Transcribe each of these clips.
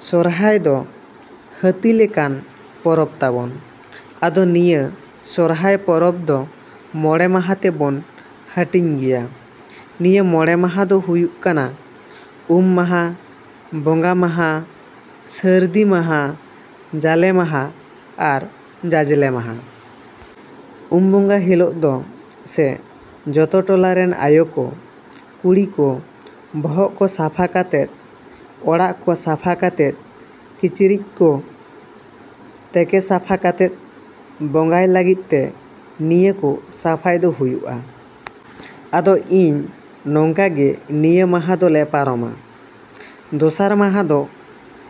ᱥᱚᱨᱦᱟᱭ ᱫᱚ ᱦᱟᱹᱛᱤ ᱞᱮᱠᱟᱱ ᱯᱚᱨᱚᱵᱽ ᱛᱟᱵᱚᱱ᱾ ᱟᱫᱚ ᱱᱤᱭᱟᱹ ᱥᱚᱨᱦᱟᱭ ᱯᱚᱨᱚᱵᱽ ᱫᱚ ᱢᱚᱬᱮ ᱢᱟᱦᱟ ᱛᱮᱵᱚᱱ ᱦᱟᱹᱴᱤᱧ ᱜᱮᱭᱟ᱾ ᱱᱤᱭᱟᱹ ᱢᱚᱬᱮ ᱢᱟᱦᱟ ᱫᱚ ᱦᱩᱭᱩᱜ ᱠᱟᱱᱟ ᱩᱢ ᱢᱟᱦᱟ, ᱵᱚᱸᱜᱟ ᱢᱟᱦᱟ, ᱥᱟᱹᱨᱫᱤ ᱢᱟᱦᱟ, ᱡᱟᱞᱮ ᱢᱟᱦᱟ ᱟᱨ ᱡᱟᱡᱞᱮ ᱢᱟᱦᱟ᱾ ᱩᱢ ᱵᱚᱸᱜᱟ ᱦᱤᱞᱳᱜ ᱫᱚ ᱥᱮ ᱡᱚᱛᱚ ᱴᱚᱞᱟ ᱨᱮᱱ ᱟᱭᱳ ᱠᱚ, ᱠᱩᱲᱤ ᱠᱚ ᱵᱚᱦᱚᱜ ᱠᱚ ᱥᱟᱯᱷᱟ ᱠᱟᱛᱮᱫ, ᱚᱲᱟᱜ ᱠᱚ ᱥᱟᱯᱷᱟ ᱠᱟᱛᱮᱫ, ᱠᱤᱪᱨᱤᱡ ᱠᱚ ᱛᱮᱠᱮ ᱥᱟᱯᱷᱟ ᱠᱟᱛᱮᱫ ᱵᱚᱸᱜᱟᱭ ᱞᱟᱹᱜᱤᱫ ᱛᱮ ᱱᱤᱭᱟᱹ ᱠᱚ ᱥᱟᱯᱷᱟᱭ ᱫᱚ ᱦᱩᱭᱩᱜᱼᱟ᱾ ᱟᱫᱚ ᱤᱧ ᱱᱚᱝᱠᱟ ᱜᱮ ᱱᱤᱭᱟᱹ ᱢᱟᱦᱟ ᱫᱚᱞᱮ ᱯᱟᱨᱚᱢᱟ᱾ ᱫᱚᱥᱟᱨ ᱢᱟᱦᱟ ᱫᱚ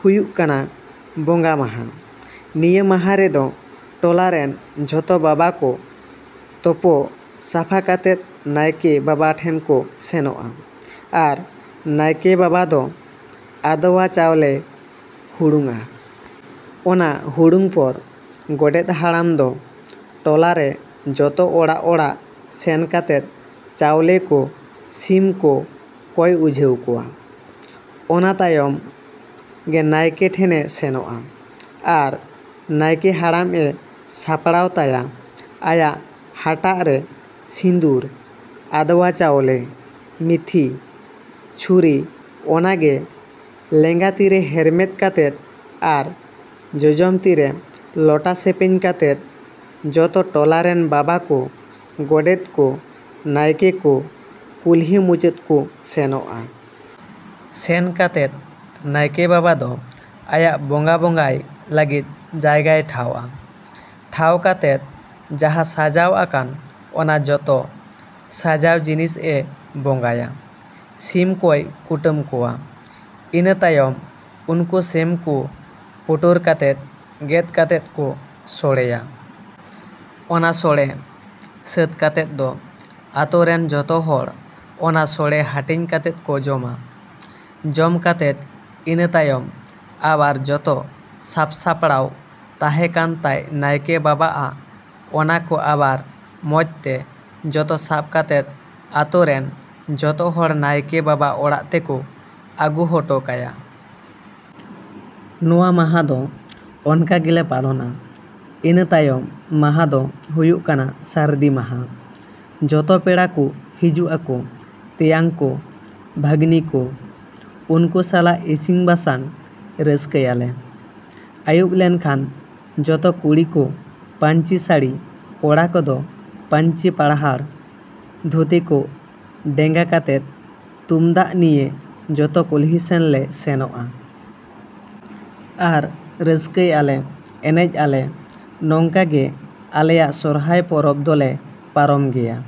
ᱦᱩᱭᱩᱜ ᱠᱟᱱᱟ ᱵᱚᱸᱜᱟ ᱢᱟᱦᱟ᱾ ᱱᱤᱭᱟᱹ ᱢᱟᱦᱟ ᱨᱮᱫᱚ ᱴᱚᱞᱟ ᱨᱮᱱ ᱡᱚᱛᱚ ᱵᱟᱵᱟ ᱠᱚ ᱛᱚᱯᱚ ᱥᱟᱯᱷᱟ ᱠᱟᱛᱮᱫ ᱱᱟᱭᱠᱮ ᱵᱟᱵᱟ ᱴᱷᱮᱱ ᱠᱚ ᱥᱮᱱᱚᱜᱼᱟ᱾ ᱟᱨ ᱱᱟᱭᱠᱮ ᱵᱟᱵᱟ ᱫᱚ ᱟᱫᱽᱣᱟ ᱪᱟᱣᱞᱮ ᱦᱩᱲᱩᱝᱼᱟ᱾ ᱚᱱᱟ ᱦᱩᱲᱩᱝ ᱯᱚᱨ ᱜᱚᱰᱮᱛ ᱦᱟᱲᱟᱢ ᱫᱚ ᱴᱚᱞᱟ ᱨᱮ ᱡᱚᱛᱚ ᱚᱲᱟᱜᱼᱚᱲᱟᱜ ᱥᱮᱱ ᱠᱟᱛᱮᱫ ᱪᱟᱣᱞᱮ ᱠᱚ, ᱥᱤᱢ ᱠᱚ ᱠᱚᱭ ᱩᱴᱷᱟᱹᱣ ᱠᱚᱣᱟ, ᱚᱱᱟ ᱛᱟᱭᱚᱢ ᱜᱮ ᱱᱟᱭᱠᱮ ᱴᱷᱮᱱᱮ ᱥᱮᱱᱚᱜᱼᱟ᱾ ᱟᱨ ᱱᱟᱭᱠᱮ ᱦᱟᱲᱟᱢ ᱮ ᱥᱟᱯᱲᱟᱣ ᱛᱟᱭᱟ ᱟᱭᱟᱜ ᱦᱟᱴᱟᱜ ᱨᱮ ᱥᱤᱸᱫᱩᱨ, ᱟᱫᱽᱣᱟ ᱪᱟᱣᱞᱮ, ᱢᱤᱛᱷᱤ, ᱪᱷᱩᱨᱤ ᱚᱱᱟᱜᱮ ᱞᱮᱸᱜᱟ ᱛᱤᱨᱮ ᱦᱮᱨᱢᱮᱫ ᱠᱟᱛᱮᱫ ᱟᱨ ᱡᱚᱡᱚᱢ ᱛᱤ ᱨᱮ ᱞᱚᱴᱟ ᱥᱮᱯᱮᱧ ᱠᱟᱛᱮᱫ, ᱡᱚᱛᱚ ᱴᱚᱞᱟ ᱨᱮᱱ ᱵᱟᱵᱟ ᱠᱚ, ᱜᱚᱰᱮᱛ ᱠᱚ, ᱱᱟᱭᱠᱮ ᱠᱚ ᱠᱩᱞᱦᱤ ᱢᱩᱪᱟᱹᱫ ᱠᱚ ᱥᱮᱱᱚᱜᱼᱟ᱾ ᱥᱮᱱ ᱠᱟᱛᱮᱫ ᱱᱟᱭᱠᱮ ᱵᱟᱵᱟ ᱫᱚ ᱟᱭᱟᱜ ᱵᱚᱸᱜᱟ ᱵᱚᱸᱜᱟᱭ ᱞᱟᱹᱜᱤᱫ ᱡᱟᱭᱜᱟᱭ ᱴᱷᱟᱶᱼᱟ᱾ ᱴᱷᱟᱶ ᱠᱟᱛᱮᱫ ᱡᱟᱦᱟᱸ ᱥᱟᱡᱟᱣ ᱟᱠᱟᱱ ᱚᱱᱟ ᱡᱚᱛᱚ ᱥᱟᱡᱟᱣ ᱡᱤᱱᱤᱥ ᱮ ᱵᱚᱸᱜᱟᱭᱟ᱾ ᱥᱤᱢ ᱠᱚᱭ ᱠᱩᱴᱟᱹᱢ ᱠᱚᱣᱟ, ᱤᱱᱟᱹ ᱛᱟᱭᱚᱢ ᱩᱱᱠᱩ ᱥᱤᱢ ᱠᱚ ᱯᱩᱴᱩᱨ ᱠᱟᱛᱮᱫ, ᱜᱮᱛ ᱠᱟᱛᱮᱫ ᱠᱚ ᱥᱚᱲᱮᱭᱟ᱾ ᱚᱱᱟ ᱥᱚᱲᱮ ᱥᱟᱹᱛ ᱠᱟᱛᱮᱫ ᱫᱚ ᱟᱹᱛᱳ ᱨᱮᱱ ᱡᱚᱛᱚ ᱦᱚᱲ ᱚᱱᱟ ᱥᱚᱲᱮ ᱦᱟᱹᱴᱤᱧ ᱠᱟᱛᱮᱫ ᱠᱚ ᱡᱚᱢᱟ᱾ ᱡᱚᱢ ᱠᱟᱛᱮᱫ ᱤᱱᱟᱹ ᱛᱟᱭᱚᱢ ᱟᱵᱟᱨ ᱡᱚᱛᱚ ᱥᱟᱯ ᱥᱟᱯᱲᱟᱣ ᱛᱟᱦᱮᱸ ᱠᱟᱱ ᱛᱟᱭ ᱱᱟᱭᱠᱮ ᱵᱟᱵᱟ ᱟᱜ ᱚᱱᱟ ᱠᱚ ᱟᱵᱟᱨ ᱢᱚᱸᱡᱽ ᱛᱮ ᱡᱚᱛᱚ ᱥᱟᱵ ᱠᱟᱛᱮᱫ ᱟᱹᱛᱳ ᱨᱮᱱ ᱡᱚᱛᱚ ᱦᱚᱲ ᱱᱟᱭᱠᱮ ᱵᱟᱵᱟ ᱚᱲᱟᱜ ᱛᱮᱠᱚ ᱟᱹᱜᱩ ᱦᱚᱴᱚ ᱠᱟᱭᱟ᱾ ᱱᱚᱶᱟ ᱢᱟᱦᱟ ᱫᱚ ᱚᱱᱠᱟ ᱜᱮᱞᱮ ᱯᱟᱞᱚᱱᱟ᱾ ᱤᱱᱟᱹ ᱛᱟᱭᱚᱢ ᱢᱟᱦᱟ ᱫᱚ ᱦᱩᱭᱩᱜ ᱠᱟᱱᱟ ᱥᱟᱹᱨᱫᱤ ᱢᱟᱦᱟ᱾ ᱡᱚᱛᱚ ᱯᱮᱲᱟ ᱠᱚ ᱦᱤᱡᱩᱜ ᱟᱠᱚ, ᱛᱮᱧᱟᱝ ᱠᱚ, ᱵᱷᱟᱹᱜᱱᱤ ᱠᱚ, ᱩᱱᱠᱩ ᱥᱟᱞᱟᱜ ᱤᱥᱤᱱ ᱵᱟᱥᱟᱝ ᱨᱟᱹᱥᱠᱟᱹᱭ ᱟᱞᱮ᱾ ᱟᱭᱩᱵ ᱞᱮᱱᱠᱷᱟᱱ ᱡᱚᱛᱚ ᱠᱩᱲᱤ ᱠᱚ ᱯᱟᱹᱧᱪᱤ ᱥᱟᱹᱲᱤ, ᱠᱚᱲᱟ ᱠᱚᱫᱚ ᱯᱟᱹᱧᱪᱤ ᱯᱟᱨᱦᱟᱲ ᱫᱷᱩᱛᱤ ᱠᱚ ᱰᱮᱝᱜᱟ ᱠᱟᱛᱮᱫ, ᱛᱩᱢᱫᱟᱜ ᱱᱤᱭᱮ ᱡᱚᱛᱚ ᱠᱩᱞᱦᱤ ᱥᱮᱱ ᱞᱮ ᱥᱮᱱᱚᱜᱼᱟ᱾ ᱟᱨ ᱨᱟᱹᱥᱠᱟᱹᱭ ᱟᱞᱮ, ᱮᱱᱮᱡ ᱟᱞᱮ᱾ ᱱᱚᱝᱠᱟ ᱜᱮ ᱟᱞᱮᱭᱟᱜ ᱥᱚᱨᱦᱟᱭ ᱯᱚᱨᱚᱵᱽ ᱫᱚᱞᱮ ᱯᱟᱨᱚᱢ ᱜᱮᱭᱟ᱾